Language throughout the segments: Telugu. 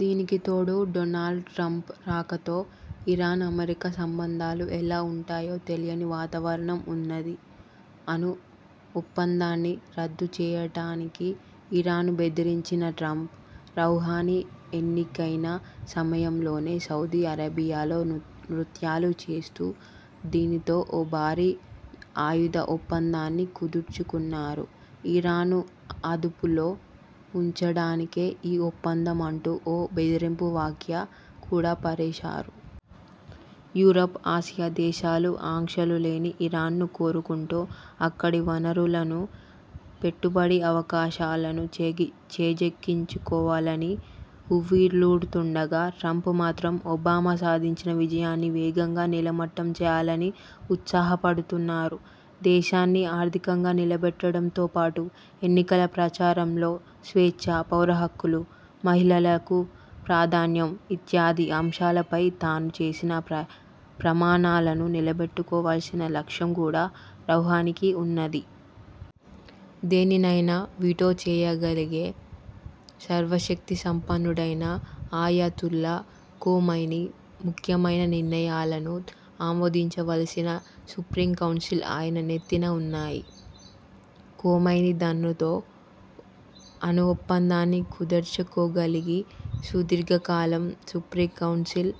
దీనికి తోడు డొనాల్డ్ ట్రంప్ రాకతో, ఇరాన్–అమెరికా సంబంధాలు ఎలా ఉంటాయో తెలియని వాతావరణం ఉన్నది. అణు ఒప్పందాన్ని రద్దుచేసుకుంటానని ఇరాన్ను బెదిరించిన ట్రంప్, రౌహానీ ఎన్నికైన సమయంలోనే సౌదీ అరేబియాలో నృత్యాలు చేస్తూ దానితో ఓ భారీ ఆయుధ ఒప్పందాన్ని కుదర్చుకున్నారు. ఇరాన్ను అదుపులో ఉంచడానికే ఈ ఒప్పందం అంటూ ఓ బెదిరింపు వ్యాఖ్య కూడా పారేశారు. యూరప్, ఆసియా దేశాలు ఆంక్షలు లేని ఇరాన్ను కోరుకుంటూ అక్కడి వనరులను, పెట్టుబడి అవకాశాలను చేజిక్కించుకోవాలని ఉవ్విళ్ళూరుతుండగా, ట్రంప్ మాత్రం ఒబామా సాధించిన విజయాన్ని వేగంగా నేలమట్టం చేయాలని ఉత్సాహపడుతున్నారు. దేశాన్ని ఆర్థికంగా నిలబెట్టడంతో పాటు, ఎన్నికల ప్రచారంలో స్వేచ్ఛ, పౌరహక్కులు, మహిళలకు ప్రాధాన్యం ఇత్యాది అంశాలపై తాను చేసిన ప్రమాణాలను నిలబెట్టుకోవాల్సిన లక్ష్యం కూడా రౌహానికి ఉన్నది. దేనినైనా వీటో చేయగలిగే సర్వశక్తిసంపన్నుడైన అయతుల్లా ఖొమైనీ, ముఖ్యమైన నిర్ణయాలను ఆమోదించవలసిన సుప్రీంకౌన్సిల్ ఆయన నెత్తిన ఉన్నాయి. ఖొమైనీ దన్నుతో అణుఒప్పందాన్ని కుదర్చుకోగలిగి, సుదీర్ఘకాలం సుప్రీంకౌన్సిల్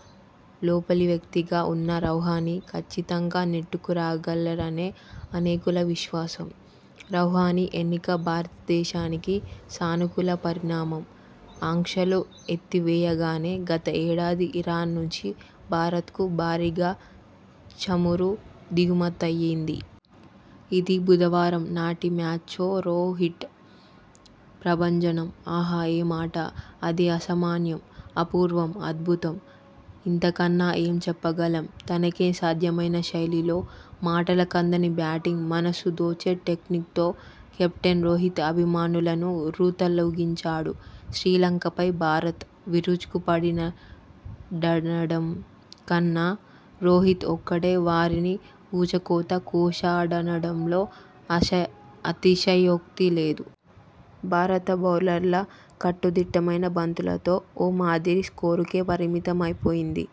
లోపలివ్యక్తిగా ఉన్న రౌహానీ కచ్చితంగా నెట్టుకురాగలరనే అనేకుల విశ్వాసం. రౌహానీ ఎన్నిక భారతదేశానికి సానుకూల పరిణామం. ఆంక్షలు ఎత్తివేయగానే గత ఏడాది ఇరాన్ నుంచి భారత్కు భారీగా చమురు దిగుమతయ్యింది. ఇదీ బుధవారం నాటి మ్యాచ్లో రో'హిట్' ప్రభంజనం. ఆహా ఏం ఆట అది అసామాన్యం అపూర్వం అద్భుతం. ఇంతకన్నా ఏం చెప్పగలం. తనకే సాధ్యమైన శైలితో మాటలకందని బ్యాటింగ్ మనసు దోచే టెక్నిక్తో కెప్టెన్ రోహిత్ అభిమానులను ఉర్రూతలూగించాడు. శ్రీలంకపై భారత్ విరుచుకుపడిందనడం కన్నా రోహిత్ ఒక్కడే వారిని ఊచకోత కోశాడనడంలో అతిశయోక్తి లేదు. భారత బౌలర్ల కట్టుదిట్టమైన బంతులతో ఓ మాదిరి స్కోరుకే పరిమితమైంది.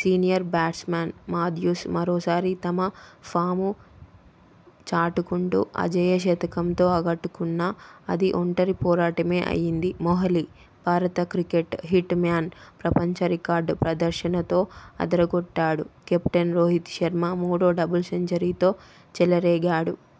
సీనియర్ బ్యాట్స్మన్ మాథ్యూస్ మరోసారి తన ఫామ్ను చాటుకుంటూ అజేయ శతకంతో ఆకట్టుకున్నా అది ఒంటరి పోరాటమే అయ్యింది. మొహాలీ: భారత క్రికెట్ 'హిట్'మ్యాన్ ప్రపంచ రికార్డు ప్రదర్శనతో అదరగొట్టాడు. కెప్టెన్ రోహిత్ శర్మ మూడో డబుల్ సెంచరీతో చెలరేగాడు.